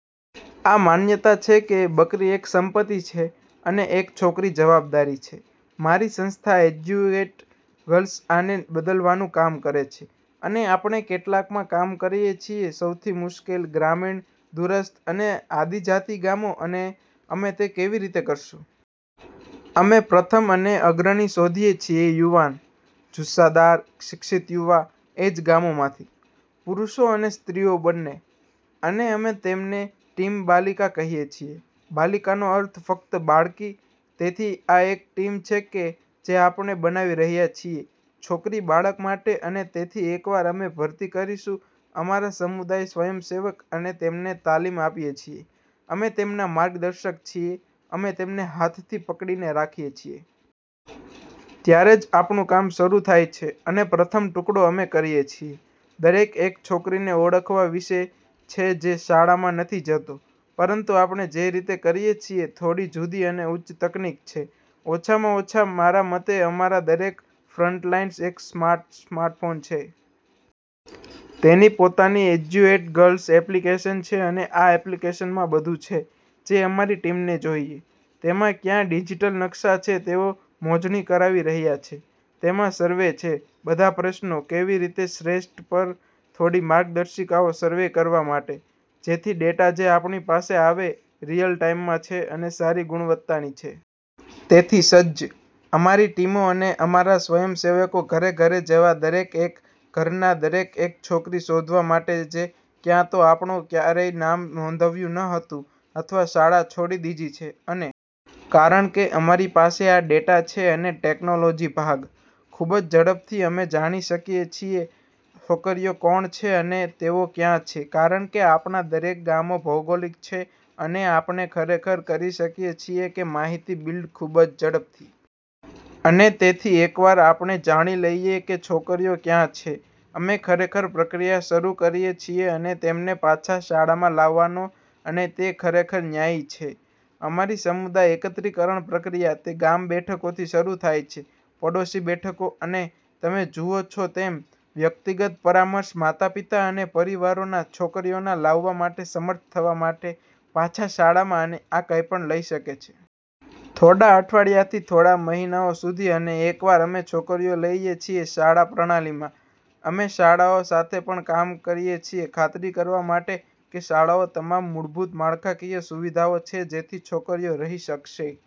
આ માન્યતા છે કે બકરી એક સંપત્તિ છે અને એક છોકરી જવાબદારી છે. મારી સંસ્થા એજ્યુએટ ગર્લ્સ આને બદલવાનું કામ કરે છે. અને આપણે કેટલાકમાં કામ કરીએ છીએ સૌથી મુશ્કેલ, ગ્રામીણ, દૂરસ્થ અને આદિજાતિ ગામો અને અમે તે કેવી રીતે કરીશું? અમે પ્રથમ અને અગ્રણી શોધીએ છીએ યુવાન, જુસ્સાદાર, શિક્ષિત યુવા એ જ ગામોમાંથી. પુરુષો અને સ્ત્રીઓ બંને. અને અમે તેમને ટીમ બાલિકા કહીએ છીએ, બાલિકાનો અર્થ ફક્ત બાળકી, તેથી આ એક ટીમ છે જે આપણે બનાવી રહ્યા છીએ છોકરી બાળક માટે અને તેથી એકવાર અમે ભરતી કરીશું અમારા સમુદાય સ્વયંસેવક અમે તેમને તાલીમ આપીએ છીએ, અમે તેમના માર્ગદર્શક છીએ, અમે તેમને હાથથી પકડી રાખીએ છીએ. ત્યારે જ આપણું કામ શરૂ થાય છે અને પ્રથમ ટુકડો અમે કરીએ છીએ. દરેક એક છોકરીને ઓળખવા વિશે છે જે શાળામાં નથી જતો. પરંતુ આપણે જે રીતે કરીએ છીએ થોડી જુદી અને ઉચ્ચ તકનીક છે, ઓછામાં ઓછા મારા મતે અમારા દરેક ફ્રન્ટલાઈન સ્ટાફ સ્માર્ટફોન છે. તેની પોતાની એજ્યુએટ ગર્લ્સ એપ્લિકેશન છે અને આ એપ્લિકેશનમાં બધું છે, જે અમારી ટીમને જોઈએ. તેમાં ક્યાં ડિજિટલ નકશા છે તેઓ મોજણી કરાવી રહ્યા છે, તેમાં સર્વે છે, બધા પ્રશ્નો, કેવી રીતે શ્રેષ્ઠ પર થોડી માર્ગદર્શિકાઓ સર્વે કરવા માટે, જેથી ડેટા જે આપણી પાસે આવે રીઅલ ટાઇમમાં છે અને સારી ગુણવત્તાની છે. તેથી સજ્જ, અમારી ટીમો અને અમારા સ્વયંસેવકો ઘરે ઘરે જવા દરેક એક ઘરના દરેક એક છોકરી શોધવા માટે જે ક્યાં તો આપણે ક્યારેય નામ નોંધાવ્યું ન હતું અથવા શાળા છોડી દીધી છે. અને કારણ કે અમારી પાસે આ ડેટા છે અને ટેકનોલોજી ભાગ, ખૂબ જ ઝડપથી અમે જાણી શકીએ છીએ છોકરીઓ કોણ છે અને તેઓ ક્યાં છે, કારણ કે આપણા દરેક ગામો ભૌગોલિક છે, અને આપણે ખરેખર કરી શકીએ છીએ કે માહિતી બિલ્ડ ખૂબ જ ઝડપથી. અને તેથી એકવાર આપણે જાણી લઈએ કે છોકરીઓ ક્યાં છે. અમે ખરેખર પ્રક્રિયા શરૂ કરીએ છીએ તેમને પાછા શાળામાં લાવવાનો અને તે ખરેખર ન્યાયી છે. અમારી સમુદાય એકત્રીકરણ પ્રક્રિયા, તે ગામ બેઠકોથી શરૂ થાય છે, પડોશી બેઠકો, અને તમે જુઓ છો તેમ, વ્યક્તિગત પરામર્શ માતાપિતા અને પરિવારોના, છોકરીઓ લાવવા માટે સમર્થ થવા માટે પાછા શાળામાં અને આ કંઈપણ લઈ શકે છે. થોડા અઠવાડિયાથી થોડા મહિનાઓ સુધી અને એકવાર અમે છોકરીઓ લઈએ છીએ શાળા પ્રણાલીમાં, અમે શાળાઓ સાથે પણ કામ કરીએ છીએ ખાતરી કરવા માટે કે શાળાઓ તમામ મૂળભૂત માળખાકીય સુવિધાઓ છે જેથી છોકરીઓ રહી શકશે.